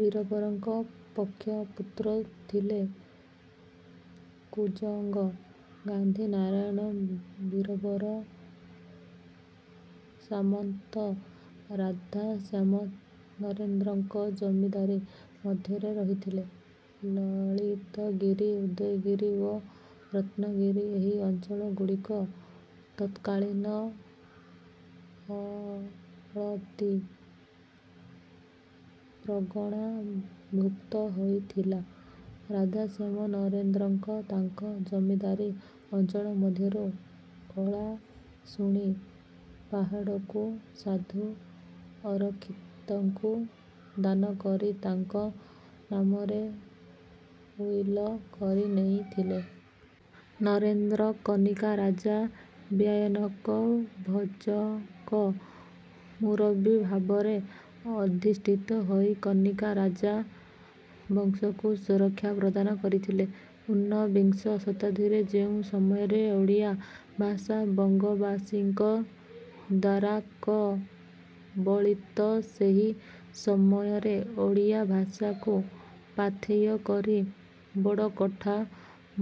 ବୀରବରଙ୍କ ପୋଷ୍ୟ ପୁତ୍ର ଥିଲେ କୁଜଙ୍ଗ ଗାନ୍ଧୀ ନାରାୟଣ ବୀରବର ସାମନ୍ତ। ରାଧାଶ୍ୟାମ ନରେନ୍ଦ୍ରଙ୍କ ଜମିଦାରୀ ମଧ୍ୟରେ ରହିଥିଲେ ଲଳିତଗିରି ଉଦୟଗିରି ଓ ରତ୍ନଗିରି। ଏହି ଅଞ୍ଚଳ ଗୁଡିକ ତତ୍କାଳୀନ ଅଳତୀ ପ୍ରଗଣା ଭୁକ୍ତ ହୋଇଥିଲା। ରାଧାଶ୍ୟାମ ନରେନ୍ଦ୍ରଙ୍କ ତାଙ୍କ ଜମିଦାରୀ ଅଞ୍ଚଳ ମଧ୍ୟରୁ ଓଳାସୁଣୀ ପାହାଡକୁ ସାଧୁ ଅରଖିତଙ୍କୁ ଦାନକରି ତାଙ୍କ ନାମରେ ଉଇଲ କରିନେଇଥିଲେ। ନରେନ୍ଦ୍ର କନିକା ରାଜା ବିନାୟକଭଞ୍ଜଙ୍କ ମୁରବୀ ଭାବରେ ଅଧିଷ୍ଠିତ ହୋଇ କନିକା ରାଜା ବଂଶକୁ ସୁରକ୍ଷା ପ୍ରଦାନ କରିଥିଲେ। ଉନ୍ନବିଂଶ ଶତାବ୍ଦୀରେ ଯେଉଁ ସମୟରେ ଓଡ଼ିଆ ଭାଷା ବଙ୍ଗବାସୀଙ୍କ ଦ୍ୱାରାକବଳିତସେହି ସମୟରେ ଓଡ଼ିଆ ଭାଷାକୁ ପାଥେୟ କରି ବଡକୋଠା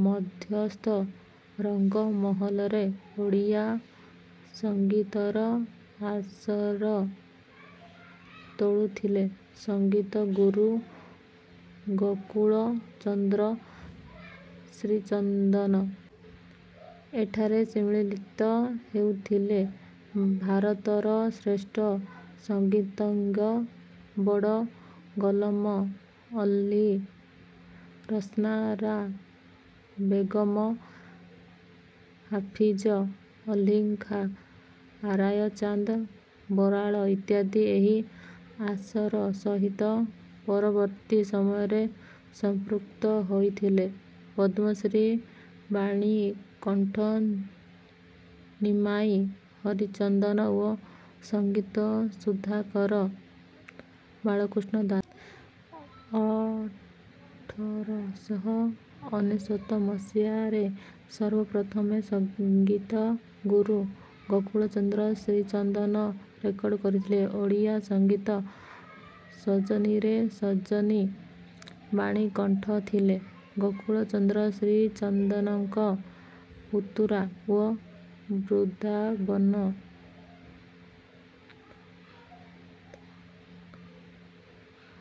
ମଧ୍ୟସ୍ଥ ରଙ୍ଗ ମହଲରେ ଓଡ଼ିଆ ସଂଗୀତର ଆସର ତୋଳୁଥିଲେ ସଙ୍ଗୀତଗୁରୁ ଗୋକୁଳ ଚନ୍ଦ୍ର ଶ୍ରୀଚନ୍ଦନ। ଏଠାରେ ସମ୍ମିଳିତ ହେଉଥିଲେ ଭାରତର ଶ୍ରେଷ୍ଠ ସଙ୍ଗୀତଜ୍ଞ ବଡ ଗୋଲମ ଅଲ୍ଲୀ ରୋସ୍ନାରା ବେଗମ ହାଫିଜ ଅଲ୍ଲୀ ଖାଁ ରାୟଚାନ୍ଦ ବରାଳ ଇତ୍ୟାଦି। ଏହି ଆସର ସହିତ ପରବର୍ତୀ ସମୟରେ ସମ୍ପୃକ୍ତ ହୋଇଥିଲେ ପଦ୍ମଶ୍ରୀ ବାଣୀକଣ୍ଠ ନିମାଇ ହରିଚନ୍ଦନ ଓ ସଙ୍ଗୀତ ସୁଧାକର ବାଳକୃଷ୍ଣ ଦାସ। ଅଠର ଶହ ଅନେଶ୍ୱତ ମସିହାରେ ସର୍ବ ପ୍ରଥମେ ସଙ୍ଗୀତ ଗୁରୁ ଗୋକୁଳ ଚନ୍ଦ୍ର ଶ୍ରୀଚନ୍ଦନ ରେକର୍ଡିଂ କରିଥିଲେ ଓଡ଼ିଆ ସଙ୍ଗୀତ ସଜନିରେ. ସଜନି ବାଣୀକଣ୍ଠ ଥିଲେ ଗୋକୁଳ ଚନ୍ଦ୍ର ଶ୍ରୀଚନ୍ଦନଙ୍କ ପୁତୁରା ଓ ବୃନ୍ଦାବନ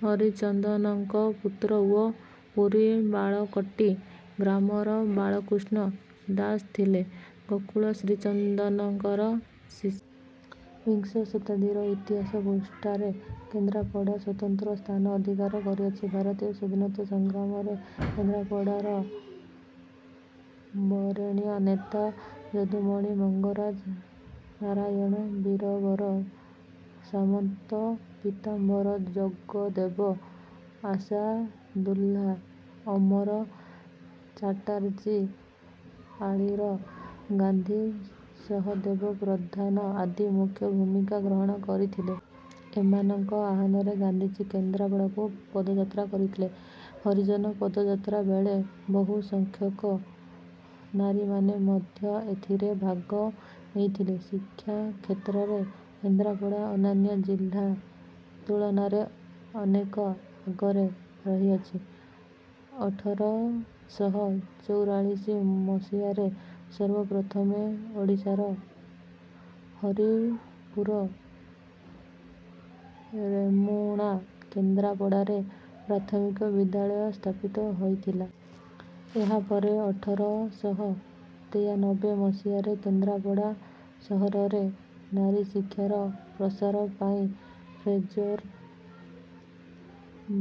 ହରିଚନ୍ଦନଙ୍କ ପୁତ୍ର ଓ ପୁରୀ ବାଳକଟୀ ଗ୍ରାମର ବାଳକୃଷ୍ଣ ଦାସ ଥିଲେ ଗୋକୁଳ ଶ୍ରୀଚନ୍ଦଙ୍କର ଶିଷ୍ୟ। ବିଂଶ ଶତାବ୍ଦୀର ଇତିହାସ ପୃଷ୍ଠାରେ କେନ୍ଦ୍ରାପଡ଼ା ସ୍ୱତନ୍ତ୍ର ସ୍ଥାନ ଅଧିକାର କରିଅଛି। ଭାରତୀୟ ସ୍ୱାଧୀନତା ସଂଗ୍ରାମରେ କେନ୍ଦ୍ରପାଡ଼ାର ବରେଣ୍ୟ ନେତା ଯଦୁମଣି ମଙ୍ଗରାଜ ନାରାୟଣ ବୀରବର ସାମନ୍ତ ପୀତାମ୍ବର ଜଗଦେବ ଆଶାଦୁଲ୍ଲା ଅମର ଚାଟାର୍ଜୀ ଆଳିର ଗାନ୍ଧୀ ସହଦେବ ପ୍ରଧାନ ଆଦି ମୁଖ୍ୟ ଭୂମିକା ଗ୍ରହଣ କରିଥିଲେ। ଏମାନଙ୍କ ଆହ୍ୱାନରେ ଗାନ୍ଧୀଜୀ କେନ୍ଦ୍ରାପଡ଼ାକୁ ପଦଯାତ୍ରା କରିଥିଲେ। ହରିଜନ ପଦଯାତ୍ରା ବେଳେ ବହୁ ସଂଖ୍ୟକ ନାରୀମାନେ ମଧ୍ୟ ଏଥିରେ ଭାଗ ନେଇଥିଲେ। ଶିକ୍ଷା କ୍ଷେତ୍ରରେ କେନ୍ଦ୍ରାପଡ଼ା ଅନ୍ୟାନ୍ୟ ଜିଲ୍ଲା ତୁଳନାରେ ଅନେକ ଆଗରେ ରହିଅଛି। ଅଠର ଶହ ଚଉରାଳିଶ ମସିହାରେ ସର୍ବ ପ୍ରଥମେ ଓଡ଼ିଶାର ହରିପୂର ରେମୁଣା କେନ୍ଦ୍ରାପଡ଼ାରେ ପ୍ରାଥମିକ ବିଦ୍ୟାଳୟ ସ୍ଥାପିତ ହୋଇଥିଲା। ଏହାପରେ ଅଠର ଶହ ତେୟାନବେ ମସିହାରେ କେନ୍ଦ୍ରାପଡା ସହରରେ ନାରୀଶିକ୍ଷାର ପ୍ରସାର ପାଇଁ ଫ୍ରେଜର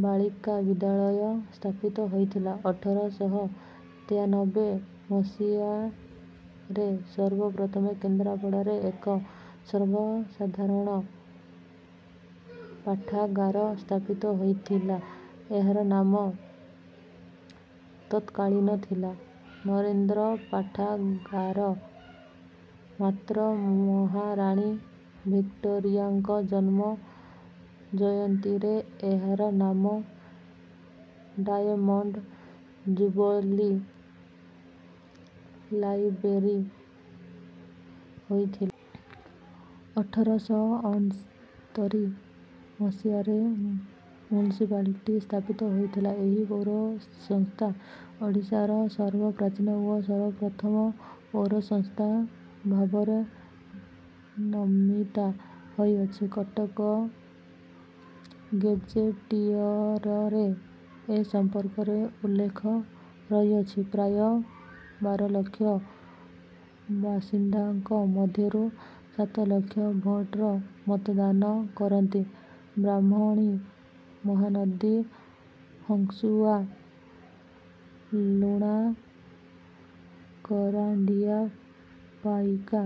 ବାଳିକା ବିଦ୍ୟାଳୟ ସ୍ଥାପିତ ହୋଇଥିଲା। ଅଠର ଶହ ତେୟାନବେ ମସିହାରେସର୍ବ ପ୍ରଥମେ କେନ୍ଦ୍ରାପଡ଼ାରେ ଏକ ସର୍ବସାଧାରଣ ପାଠାଗାର ସ୍ଥାପିତ ହୋଇଥିଲାଏହାର ନାମ ତତ୍କାଳୀନ ଥିଲା ନରେନ୍ଦ୍ର ପାଠାଗାର ମାତ୍ର ମହାରାଣୀ ଭିକ୍ଟୋରିଆଙ୍କ ଜନ୍ମ ଜୟନ୍ତୀରେଏହାର ନାମ ଡାଏମଣ୍ଡ ଯୁବଲୀ ଲାଇବ୍ରେରୀ ହୋଇଥିଲା। ଅଠର ଶହ ଅଣସ୍ତରି ମସିହାରେ ମୁନିସିପାଲିଟି ସ୍ଥାପିତ ହୋଇଥିଲା। ଏହି ପୌରସଂସ୍ଥା ଓଡ଼ିଶାର ସର୍ବପ୍ରଚୀନ ଓ ସର୍ବପ୍ରଥମ ପୌରସଂସ୍ଥା ଭାବରେ ନମିତା ହୋଇଅଛି। କଟକ ଗେଜେଟିୟରରେ ଏ ସମ୍ପର୍କରେ ଉଲ୍ଲେଖ ରହିଅଛି। ପ୍ରାୟ ବାରଲକ୍ଷ ବାସିନ୍ଦାଙ୍କ ମଧ୍ୟରୁ ସାତ ଲକ୍ଷ ଭୋଟର ମତଦାନ କରନ୍ତି। ବ୍ରାହ୍ମଣୀ ମହାନଦୀ ହଂସୁଆ ଲୁଣା କରାଣ୍ଡିଆ ପାଇକା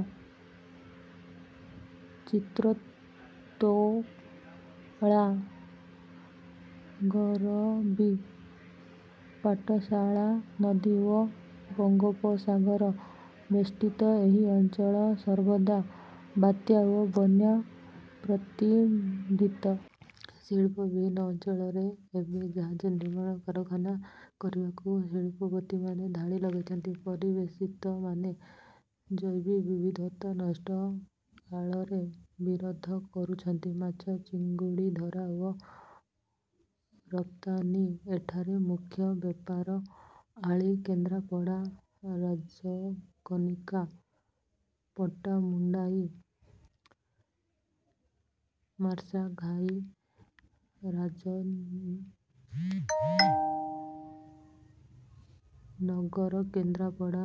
ଚିତ୍ରତ୍ତ୍ୱଳା ଗୋବରୀ ପାଟଶାଳା ନଦୀ ଓ ବଙ୍ଗୋପସାଗର ବେଷ୍ଟୀତ ଏହି ଅଞ୍ଚଳ ସର୍ବଦା ବାତ୍ୟା ଓ ବନ୍ୟା ପ୍ରପିଡିତ। ଶୀଳ୍ପ ବିହୀନ ଅଞ୍ଚଳରେ ଏବେ ଜାହଜ ନିର୍ମାଣ କାରଖାନା କରିବାକୁ ଶିଳ୍ପପତିମାନେ ଧାଡି ଲଗାଉଛନ୍ତି। ପରିବେଶବିତମାନେ ଜୈବ ବିବିଧତା ନଷ୍ଟ ଆଳରେ ବିରୋଧ କରୁଛନ୍ତି। ମାଛ ଚିଙ୍ଗୁଡିଧରା ଓ ରପ୍ତାନି ଏଠାରେ ମୁଖ୍ୟ ବେପାର। ଆଳି କେନ୍ଦ୍ରାପଡ଼ା ରାଜକନିକା ପଟ୍ଟାମୁଣ୍ଡାଇ ମାର୍ଶାଘାଇ ରାଜନଗର କେନ୍ଦ୍ରାପଡ଼ା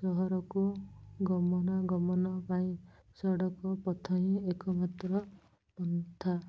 ସହରକୁ ଗମନା ଗମନ ପାଇଁ ସଡକ ପଥ ହିଁ ଏକମାତ୍ର ପନ୍ଥା।